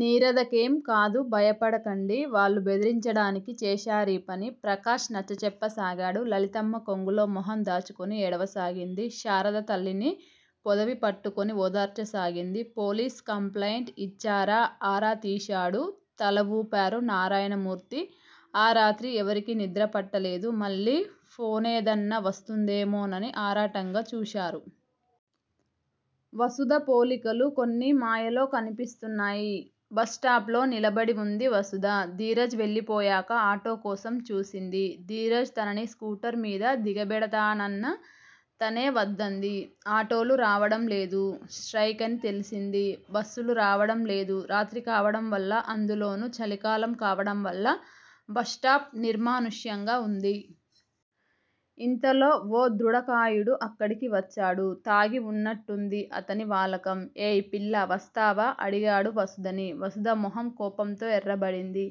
నీరదకేం కాదు భయపడకండి వాళ్లు బెదిరించడానికి చేశారీపని ప్రకాష్ నచ్చచెప్పసాగాడు. లలితమ్మ కొంగులో మొహం దాచుకుని ఏడవసాగింది. శారద తల్లిని పొదివిపట్టుకుని ఓదార్చసాగింది. పోలీస్ కంప్లయింట్ ఇచ్చారా ఆరా తీశాడు. తలవూపారు నారాయణమూర్తి. ఆ రాత్రి ఎవరికీ నిద్రపట్టలేదు. మళ్ళీ ఫోనేదన్నా వస్తుందేమోనని ఆరాటంగా చూశారు. వసుధ పోలికలు కొన్ని మాయలో కనిపిస్తున్నాయి. బస్ స్టాప్ లో నిలబడి వుంది వసుధ. ధీరజ్ వెళ్ళిపోయాక, ఆటో కోసం చూసింది. ధీరజ్ తనని స్కూటర్ మిద దిగబెడతానన్నా తనే వద్దంది. ఆటోలు రావడంలేదు. స్ట్రయికని తెలిసింది. బస్సులు రావడం లేదు. రాత్రి కావడం వల్ల, అందులోనూ చలికాలం కావడంవల్ల బస్టాప్ నిర్మానుష్యంగా వుంది. ఇంతలో ఓ దృఢకాయుడు అక్కడికి వచ్చాడు. తాగి వున్నట్టుంది అతని వాలకం. ఏయ్ పిల్లా వస్తావా? అడిగాడు వసుధని. వసుధ మొహం కోపంతో ఎర్రబడింది.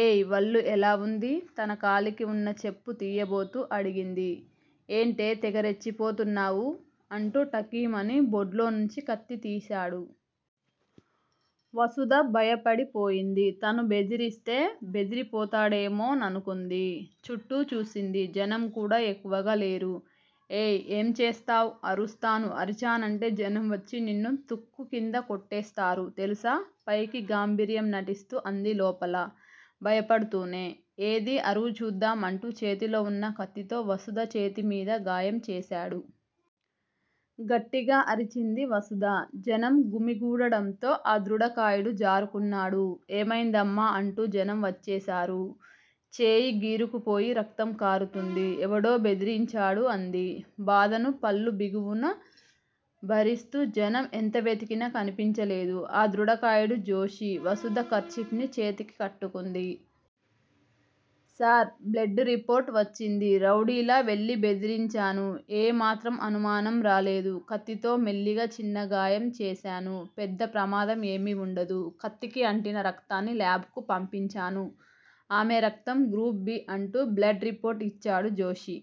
ఏయ్ వళ్ళు ఎలా వుంది? తన కాలికి వున్న చెప్పు తియబోతూ అడిగింది. ఏంటే తెగ రెచ్చిపోతున్నావు? అంటూ ఠకీమని బొడ్లో నుంచి కత్తి తీసాడు. వసుధ భయపడిపోయింది. తను బెదిరిస్తే బెదిరిపోతాడేమోననుకుంది. చుట్టూ చూసింది. జనం కూడా ఎక్కువగా లేరు. ఏయ్ ఏం చేస్తావు? అరుస్తాను అరిచానంటే జనం వచ్చి నిన్ను తుక్కు కింద కొట్టేస్తారు తెలుసా పైకి గాంభీర్యం నటిస్తూ అంది లోపల భయపడుతూనే. ఏదీ అరువు చూద్దాం అంటూ చేతిలో వున్న కత్తితో వసుధ చేతి మీద గాయం చేసాడు. గట్టిగా అరిచింది వసుధ. జనం గుమిగూడడంతో ఆ దృఢకాయుడు జారుకున్నాడు. ఏమైందమ్మా అంటూ జనం వచ్చేసారు. చేయి గీరుకుపోయి రక్తం కారుతుంది. ఎవడో బెదిరించాడు అంది బాధను పళ్ళు బిగువున భరిస్తూ జనం ఎంత వెతికినా కనిపించలేదు. ఆ దృఢకాయుడు- జోషి. వసుధ, కర్చీఫ్ ని చేతికి కట్టుకుంది. సార్ బ్లడ్ రిపోర్ట్ వచ్చింది. రౌడీలా వెళ్ళి బెదిరించాను. ఏ మాత్రం అనుమానం రాలేదు. కత్తితో మెల్లిగా చిన్న గాయం చేసాను పెద్ద ప్రమాదం ఏమీ వుండదు. కత్తికి అంటిన రక్తాన్ని లాబ్ కు పంపించాను. ఆమె రక్తం గ్రూప్ 'బి'. అంటూ బ్లడ్ రిపోర్ట్ ఇచ్చాడు జోషి.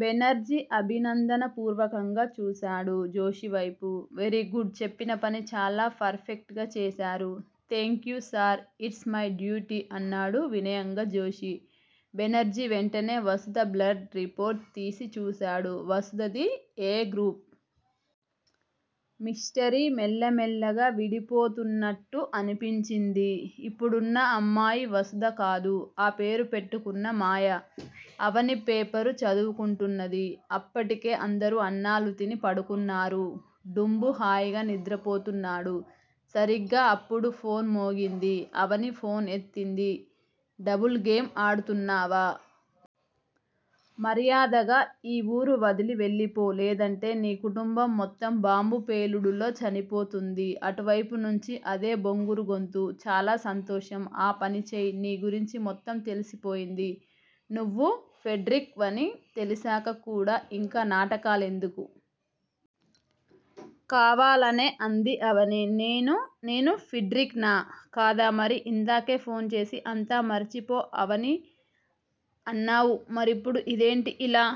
బెనర్జీ అభినందన పూర్వకంగా చూసాడు జోషివైపు. వెరీ గుడ్ చెప్పిన పని చాలా పర్ ఫెక్ట్ గా చేసారు. Thank you sir it's my duty అన్నాడు వినయంగా జోషి. బెనర్జీ వెంటనే వసుధ బ్లడ్ రిపోర్ట్ తీసి చూసాడు. వసుధ ది 'ఏ' గ్రూప్. మిస్టరీ మెల్ల మెల్లగా విడిపోతున్నట్టు అనిపించింది. ఇప్పుడున్న అమ్మాయి వసుధ కాదు. ఆ పేరు పెట్టుకున్న మాయ. అవని పేపరు చదువుకుంటున్నది. అప్పటికే అందరూ అన్నాలు తిని పడుకున్నారు, డుంబు హాయిగా నిద్రపోతున్నాడు. సరిగ్గా అప్పుడు ఫోన్ మోగింది. అవని ఫోన్ ఎత్తింది. డబుల్ గేమ్ ఆడుతున్నావా? మర్యాదగా ఈ ఊరు వదిలి వెళ్ళిపో లేదంటే నీ కుటుంబం మొత్తం బాంబు పేలుడులో చనిపోతుంది అటువైపు నుంచి అదే బొంగురు గొంతు. చాలా సంతోషం ఆ పని చెయ్ నీ గురించి మొత్తం తెలిసిపోయింది. నువ్వు ఫెడ్రిక్ వని తెలిసాక కూడా ఇంకా నాటకాలెందుకు? కావాలనే అంది అవని. నేను నేను ఫిడ్రిక్ నా? కాదా మరి ఇందాకే ఫోన్ చేసి అంతా మరిచిపో అవనీ అన్నావు మరిప్పుడు ఇదేంటి? ఇలా